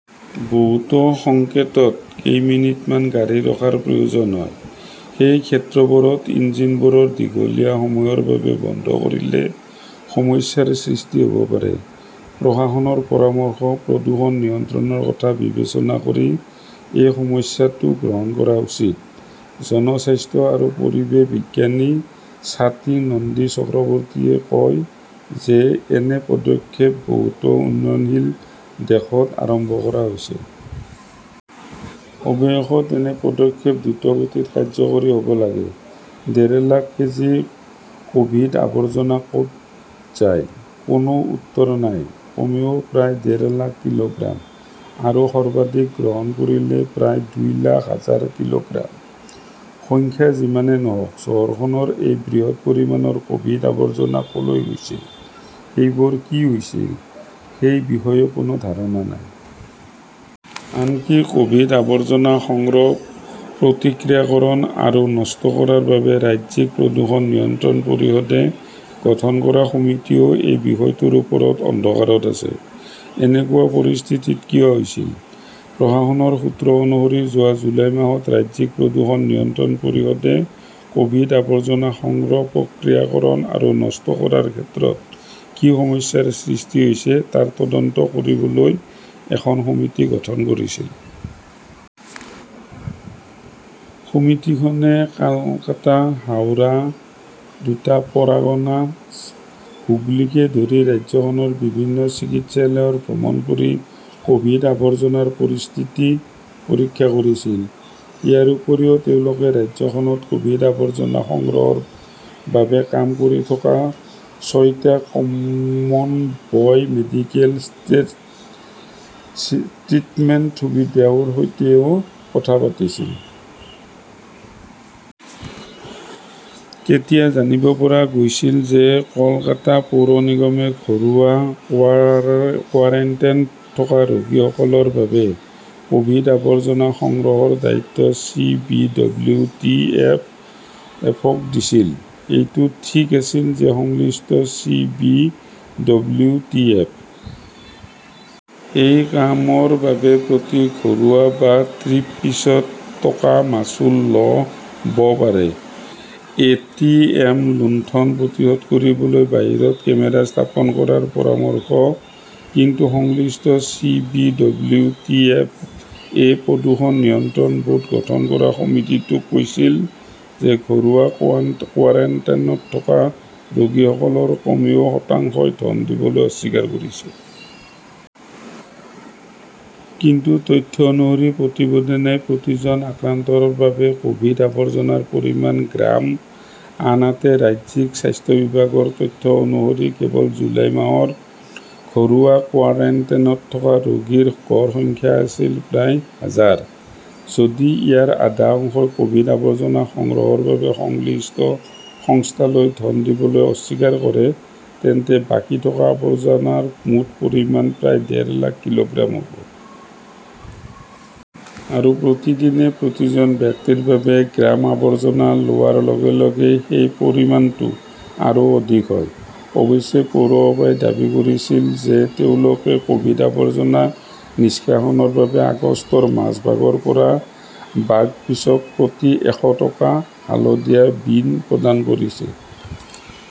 বহুতো সংকেতত কেইমিনিটমান গাড়ী ৰখাৰ প্ৰয়োজন হয়। সেই ক্ষেত্ৰবোৰত ইঞ্জিনবোৰ দীঘলীয়া সময়ৰ বাবে বন্ধ কৰিলে সমস্যাৰ সৃষ্টি হব পাৰে। প্ৰশাসনৰ পৰামৰ্শ, প্ৰদূষণ নিয়ন্ত্ৰণৰ কথা বিবেচনা কৰি এই সমস্যাটো গ্ৰহণ কৰা উচিত। জনস্বাস্থ্য আৰু পৰিৱেশ বিজ্ঞানী স্বাতী নন্দী চক্ৰৱৰ্তীয়ে কয় যে এনে পদক্ষেপ বহুতো উন্নয়নশীল দেশত আৰম্ভ কৰা হৈছে। অৱশেষত এনে পদক্ষেপ দ্ৰুতগতিত কাৰ্যকৰী হব লাগে। ডেৰ লাখ কেজি কভিড-আৱৰ্জনা কত যায়, কোনো উত্তৰ নাই কমেও প্ৰায় ডেৰ লাখ কিলোগ্ৰাম। আৰু সৰ্বাধিক গ্ৰহণ কৰিলে প্ৰায় দুই লাখ হাজাৰ কিলোগ্ৰাম! সংখ্যা যিয়েই নহওঁক, চহৰখনৰ এই বৃহৎ পৰিমাণৰ কভিড-আৱৰ্জনা কলৈ গৈছিল, সেইবোৰৰ কি হৈছিল সেই বিষয়ে কোনো ধাৰণা নাই। আনকি কভিড-আৱৰ্জনা সংগ্ৰহ, প্ৰক্ৰিয়াকৰণ আৰু নষ্ট কৰাৰ বাবে ৰাজ্যিক প্ৰদূষণ নিয়ন্ত্ৰণ পৰিষদে গঠন কৰা সমিতিও এই বিষয়টোৰ ওপৰত অন্ধকাৰত আছে। এনেকুৱা পৰিস্থিতি কিয় হৈছিল? প্ৰশাসনৰ সূত্ৰ অনুসৰি, যোৱা জুলাই মাহত ৰাজ্যিক প্ৰদূষণ নিয়ন্ত্ৰণ পৰিষদে কভিড-আৱৰ্জনা সংগ্ৰহ, প্ৰক্ৰিয়াকৰণ আৰু নষ্ট কৰাৰ ক্ষেত্ৰত কি সমস্যাৰ সৃষ্টি হৈছে তাৰ তদন্ত কৰিবলৈ এখন সমিতি গঠন কৰিছিল। সমিতিখনে কলকাতা, হাওৰা, দুটা পৰগনা, হুগলীকে ধৰি ৰাজ্যখনৰ বিভিন্ন চিকিৎসালয় ভ্ৰমণ কৰি কভিড আৱৰ্জনাৰ পৰিস্থিতি পৰীক্ষা কৰিছিল। ইয়াৰ উপৰিও, তেওঁলোকে ৰাজ্যখনত কভিড-আৱৰ্জনা সংগ্ৰহৰ বাবে কাম কৰি থকা ছয়টা 'common bio medical waste treatment সুবিধাৰ সৈতেও কথা পাতিছিল। তেতিয়া জানিব পৰা গৈছিল যে কলকাতা পৌৰ নিগমে ঘৰুৱা কোৱাৰাণ্টাইনত থকা ৰোগীসকলৰ বাবে কভিড-আৱৰ্জনা সংগ্ৰহৰ দায়িত্ব C. B. W. T. F. -ক দিছিল। এইটো ঠিক আছিল যে সংশ্লিষ্ট C. B. W. T. F. -এ এই কামৰ বাবে প্ৰতি ঘৰুৱা বা ট্ৰিপপিছত টকা মাচুল ল 'ব পাৰে। এ. টি. এম. লুণ্ঠন প্ৰতিৰোধ কৰিবলৈ বাহিৰত কেমেৰা স্থাপন কৰাৰ পৰামৰ্শ কিন্তু সংশ্লিষ্ট C. B. W. T. F. -এ প্ৰদূষণ নিয়ন্ত্ৰণ বৰ্ড গঠন কৰা সমিতিটোক কৈছিল যে ঘৰুৱা কোৱাৰাণ্টাইনত থকা ৰোগীসকলৰ কমেও শতাংশই ধন দিবলৈ অস্বীকাৰ কৰিছে। কিন্তু তথ্য অনুসৰি প্ৰতিদিনে প্ৰতিজন আক্ৰান্তৰ বাবে কভিড-আৱৰ্জনাৰ পৰিমাণ গ্ৰাম। আনহাতে, ৰাজ্যিক স্বাস্থ্য বিভাগৰ তথ্য অনুসৰি, কেৱল জুলাই মাহত ঘৰুৱা কোৱাৰাণ্টাইনত থকা ৰোগীৰ গড় সংখ্যা আছিল প্ৰায় হাজাৰ। যদি ইয়াৰ আধা অংশই কভিড-আৱৰ্জনা সংগ্ৰহৰ বাবে সংশ্লিষ্ট সংস্থালৈ ধন দিবলৈ অস্বীকাৰ কৰে, তেন্তে বাকী থকা আৱৰ্জনাৰ মুঠ পৰিমাণ প্ৰায় ডেৰ লাখ কিলোগ্ৰাম হব। আৰু প্ৰতিদিনে প্ৰতিজন ব্যক্তিৰ বাবে গ্ৰাম আৱৰ্জনা লোৱাৰ লগে-লগে সেই পৰিমাণটো আৰু অধিক হয়! অৱশ্যে, পৌৰসভাই দাবী কৰিছিল যে তেওঁলোকে ক'ভিড-আৱৰ্জনা নিষ্কাশনৰ বাবে আগষ্টৰ মাজভাগৰ পৰা ৱাৰ্ডপিচক প্ৰতি এশ টা হালধীয়া বীন প্ৰদান কৰিছে।